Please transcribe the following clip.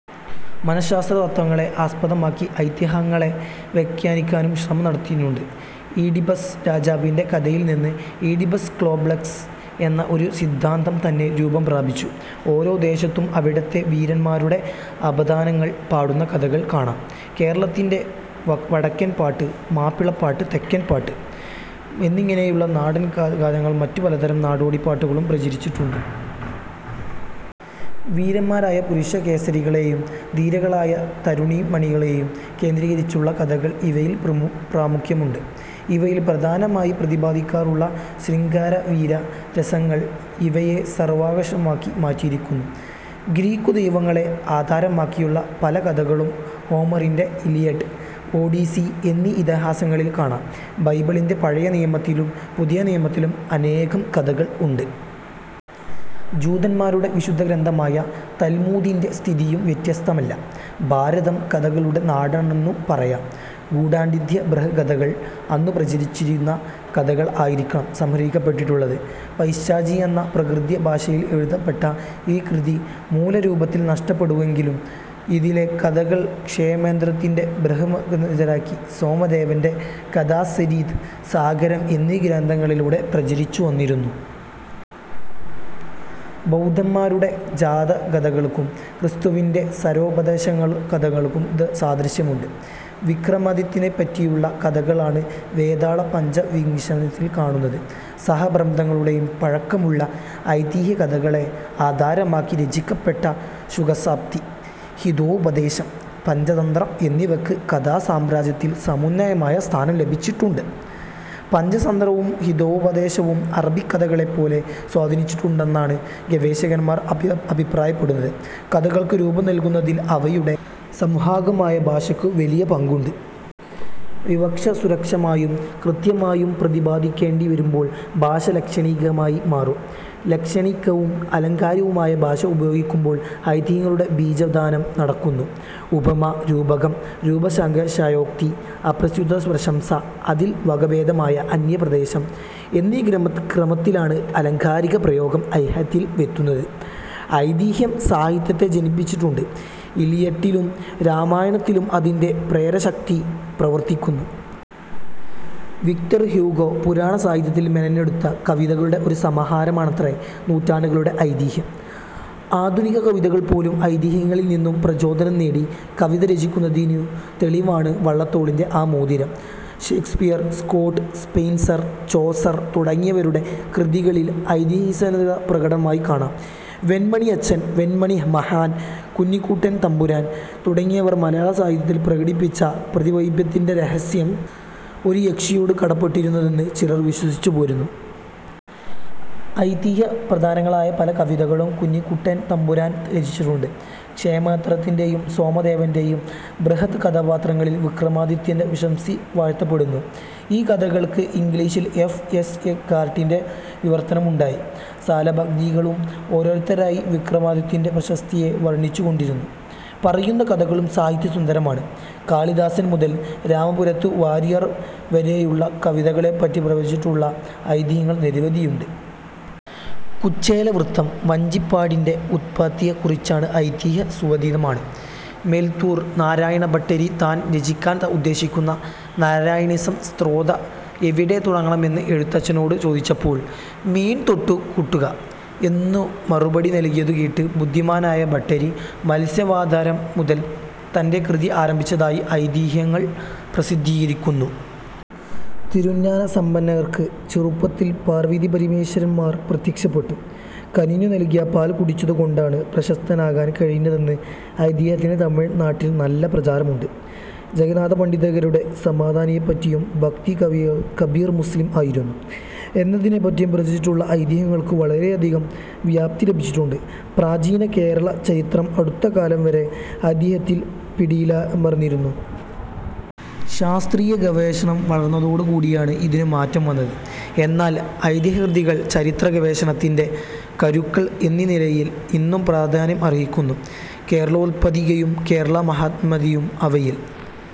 മനഃശാസ്ത്ര തത്ത്വങ്ങളെ ആസ്പദമാക്കി ഐതിഹ്യങ്ങളെ വ്യാഖ്യാനിക്കാനും ശ്രമം നടന്നിട്ടുണ്ട്. ഈഡിപ്പസ് രാജാവിന്റെ കഥയിൽനിന്ന് ഈഡിപ്പസ് കോമ്പ്ലക്സ് എന്ന ഒരു സിദ്ധാന്തം തന്നെ രൂപം പ്രാപിച്ചു. ഓരോ ദേശത്തും അവിടത്തെ വീരന്മാരുടെ അപദാനങ്ങൾ പാടുന്ന കഥകൾ കാണാം. കേരളത്തിൽ വടക്കൻപാട്ട്, മാപ്പിളപ്പാട്ട്, തെക്കൻപാട്ട് എന്നിങ്ങനെയുള്ള നാടൻ കഥാഗാനങ്ങളും മറ്റ് പലതരം നാടോടിപാട്ടുകളും പ്രചരിച്ചിട്ടുണ്ട്. വീരന്മാരായ പുരുഷകേസരികളേയും ധീരകളായ തരുണീമണികളെയും കേന്ദ്രീകരിച്ചുള്ള കഥകൾക്ക് ഇവയിൽ പ്രാമുഖ്യമുണ്ട്. ഇവയിൽ പ്രധാനമായി പ്രതിപദിക്കാറുള്ള ശൃംഗാരവീര രസങ്ങൾ ഇവയെ സർവാകർഷകമാക്കി മാറ്റിയിരിക്കുന്നു. ഗ്രീക്കുദൈവങ്ങളെ ആധാരമാക്കിയുള്ള പലകഥകളും ഹോമറിന്റെ ഇലിയഡ്, ഒഡീസി എന്നീ ഇതിഹാസങ്ങളിൽ കാണാം. ബൈബിളിന്റെ പഴയ നിയമത്തിലും പുതിയ നിയമത്തിലും അനേകം കഥകൾ ഉണ്ട്. ജൂതന്മാരുടെ വിശുദ്ധഗ്രന്ഥമായ താൽമൂദിന്റെ സ്ഥിതിയും വ്യത്യസ്തമല്ല. ഭാരതം കഥകളുടെ നാടാണെന്നു പറയാം. ഗുണാഢ്യന്റെ ബൃഹത്കഥയിൽ അന്നു പ്രചരിച്ചിരുന്ന കഥകൾ ആയിരിക്കണം സംഗ്രഹിക്കപ്പെട്ടിട്ടുള്ളത്. പൈശാചിയെന്ന പ്രാകൃതഭാഷയിൽ എഴുതപ്പെട്ട ഈ കൃതി മൂലരൂപത്തിൽ നഷ്ടപ്പെട്ടുവെങ്കിലും ഇതിലെ കഥകൾ ക്ഷേമേന്ദ്രന്റെ ബൃഹത്കഥാമഞ്ജരി, സോമദേവന്റെ കഥാസരിത് സാഗരം എന്നീ ഗ്രന്ഥങ്ങളിലൂടെ പ്രചരിച്ചുവരുന്നു. ബൗദ്ധന്മാരുടെ ജാതകകഥകൾക്കും' ക്രിസ്തുവിന്റെ സാരോപദേശ കഥകൾക്കും സാദൃശ്യമുണ്ട്. വിക്രമാദിത്യനെപ്പറ്റിയുള്ള കഥകളാണ് വേതാള പഞ്ചവിംശതിയിൽ കാണുന്നത്. സഹസ്രാബ്ദങ്ങൾ പഴക്കമുള്ള ഐതിഹ്യ കഥകളെ ആധാരമാക്കി രചിക്കപ്പെട്ട ശുകസപ്തതി, ഹിതോപദേശം, പഞ്ചതന്ത്രം എന്നിവക്ക് കഥാസാമ്രാജ്യത്തിൽ സമുന്നതമായ സ്ഥാനം ലഭിച്ചിട്ടുണ്ട്. പഞ്ചതന്ത്രവും ഹിതോപദേശവും അറബികഥകളെപ്പോലും സ്വാധീനിച്ചിട്ടുണ്ടെന്നാണ് ഗവേഷകന്മാർ അഭിപ്രായപ്പെടുന്നത്. കഥകൾക്കു രൂപം നൽകുന്നതിൽ അവയുടെ സംവാഹകമായ ഭാഷയ്ക്കു വലിയ പങ്കുണ്ട്. വിവക്ഷ സൂക്ഷ്മമായും കൃത്യമായും പ്രതിപാദിക്കേണ്ടി വരുമ്പോൾ ഭാഷ ലാക്ഷണികമായി മാറും. ലക്ഷണികവും ആലങ്കാരികവുമായി ഭാഷ ഉപയോഗിക്കുമ്പോൾ ഐതിഹ്യങ്ങളുടെ ബീജാധാനം നടക്കുന്നു. ഉപമ, രൂപകം, രൂപകാതിശയോക്തി, അപ്രസ്തുത പ്രശംസ, അതിന്റെ വകഭേദമായ അന്യാപദേശം എന്നീ ക്രമത്തിലാണ് ആലങ്കാരിക പ്രയോഗം ഐതിഹ്യത്തിൽ എത്തുന്നത്. ഐതിഹ്യം സാഹിത്യത്തെ ജനിപ്പിച്ചിട്ടുണ്ട്. 'ഇലിയട്ടിലും രാമായണത്തിലും അതിന്റെ പ്രേരകശക്തി പ്രവർത്തിക്കുന്നു. വിക്ടർഹ്യൂഗൊ പുരാണൈതിഹ്യങ്ങളിൽ മെനഞ്ഞെടുത്ത കവിതകളുടെ ഒരു സമാഹാരമത്രേ നൂറ്റാണ്ടുകളുടെ ഐതിഹ്യം. ആധുനിക കവികൾപോലും ഐതിഹ്യങ്ങളിൽ നിന്നും പ്രചോദനം നേടി കവിത രചിക്കുന്നതിനു തെളിവാണ് വള്ളത്തോളിന്റെ ആ മോതിരം. ഷേക്സ്പിയർ, സ്കോട്ട്, സ്പെൻസർ, ചോസർ തുടങ്ങിയവരുടെ കൃതികളിൽ ഐതിഹ്യസ്വാധീനത പ്രകടമായി കാണാം. വെണ്മണി അച്ഛൻ, വെണ്മണി മഹൻ, കുഞ്ഞിക്കുട്ടൻതമ്പുരാൻ തുടങ്ങിയവർ മലയാളസാഹിത്യത്തിൽ പ്രകടിപ്പിച്ച പ്രതിഭാവൈഭവത്തിന്റെ രഹസ്യം ഒരു യക്ഷിയോടു കടപ്പെട്ടതാണെന്നു ചിലർ വിശ്വസിച്ചു പോരുന്നു. ഐതിഹ്യ പ്രധാനങ്ങളായ പല കവിതകളും കുഞ്ഞിക്കുട്ടൻതമ്പുരാൻ രചിച്ചിട്ടുണ്ട്. ക്ഷേമേന്ദ്രന്റെയും സോമദേവന്റെയും ബൃഹത് കഥാപാത്രങ്ങളിൽ വിക്രമാദിത്യ പ്രശസ്തി വാഴ്ത്തപ്പെടുന്നു. ഈ കഥകൾക്ക് ഇംഗ്ലീഷിൽ എഫ്. എസ്. ഗർട്ടിന്റെ വിവർത്തനമുണ്ടായി. സാലഭഞ്ജികകൾ ഓരോരുത്തരായി വിക്രമാതിത്യ പ്രശസ്തിയെ വർണിച്ചുകൊണ്ടു പറയുന്ന കഥകളും സാഹിത്യ സുന്ദരമാണ്. കാളിദാസൻ മുതൽ രാമപുരത്തു വാരിയർ വരെയുള്ള കവികളെപ്പറ്റി പ്രചരിപ്പിച്ചിട്ടുള്ള ഐതിഹ്യങ്ങൾ നിരവധിയാണ്. കുചേലവൃത്തം വഞ്ചിപ്പാട്ടിന്റെ ഉത്പത്തിയെ കുറിച്ചുള്ള ഐതിഹ്യം സുവിദിതമാണ്. മേല്പുത്തൂർ നാരായണ ഭട്ടതിരി താൻ രചിക്കാൻ ഉദ്ദേശിക്കുന്ന നാരായണീയം സ്തോത്രം എവിടെ തുടങ്ങണമെന്ന് എഴുത്തച്ഛനോടു ചോദിച്ചപ്പോൾ മീൻ തൊട്ടു കൂട്ടുക എന്നു മറുപടി നൽകിയതു കേട്ട് ബുദ്ധിമാനായ ഭട്ടതിരി മത്സ്യാവതാരം മുതൽ തന്റെ കൃതി ആരംഭിച്ചതായുള്ള ഐതിഹ്യം പ്രസിദ്ധമാണ്. തിരുഞ്ജാന സംബന്ധർക്ക് ചെറുപ്പത്തിൽ പാർവതീപരമേശ്വരന്മാർ പ്രത്യക്ഷപ്പെട്ടു കനിഞ്ഞു നൽകിയ പാൽ കുടിച്ചതു കൊണ്ടാണ് പ്രശസ്തനാകാൻ കഴിഞ്ഞതെന്ന ഐതിഹ്യത്തിന് തമിഴ് നാട്ടിൽ നല്ല പ്രചാരമുണ്ട്. ജഗന്നാഥപണ്ഡിതരുടെ സമാധിയെപ്പറ്റിയും ഭക്തകവി കബീർ മുസ്ലിം ആയിരുന്നു എന്നതിനെപ്പറ്റിയും പ്രചരിച്ചിട്ടുള്ള ഐതിഹ്യങ്ങൾക്കു വളരെയധികം വ്യാപത്വം ലഭിച്ചിട്ടുണ്ട്. പ്രാചീന കേരളചരിത്രം അടുത്തകാലം വരെ ഐതിഹ്യത്തിന്റെ പിടിയിലമർന്നിരുന്നു. ശാസ്ത്രീയ ഗവേഷണം വളർന്നതോടുകൂടിയാണ് ഇതിനു മാറ്റം വന്നത്. എന്നാൽ ഐതിഹ്യകൃതികൾ ചരിത്ര ഗവേഷണത്തിന്റെ കരുക്കൾ എന്നനിലയിൽ ഇന്നും പ്രാധാന്യം അർഹിക്കുന്നു. കേരളോത്പത്തി യും കേരളമാഹാത്മ്യവും അവയിൽ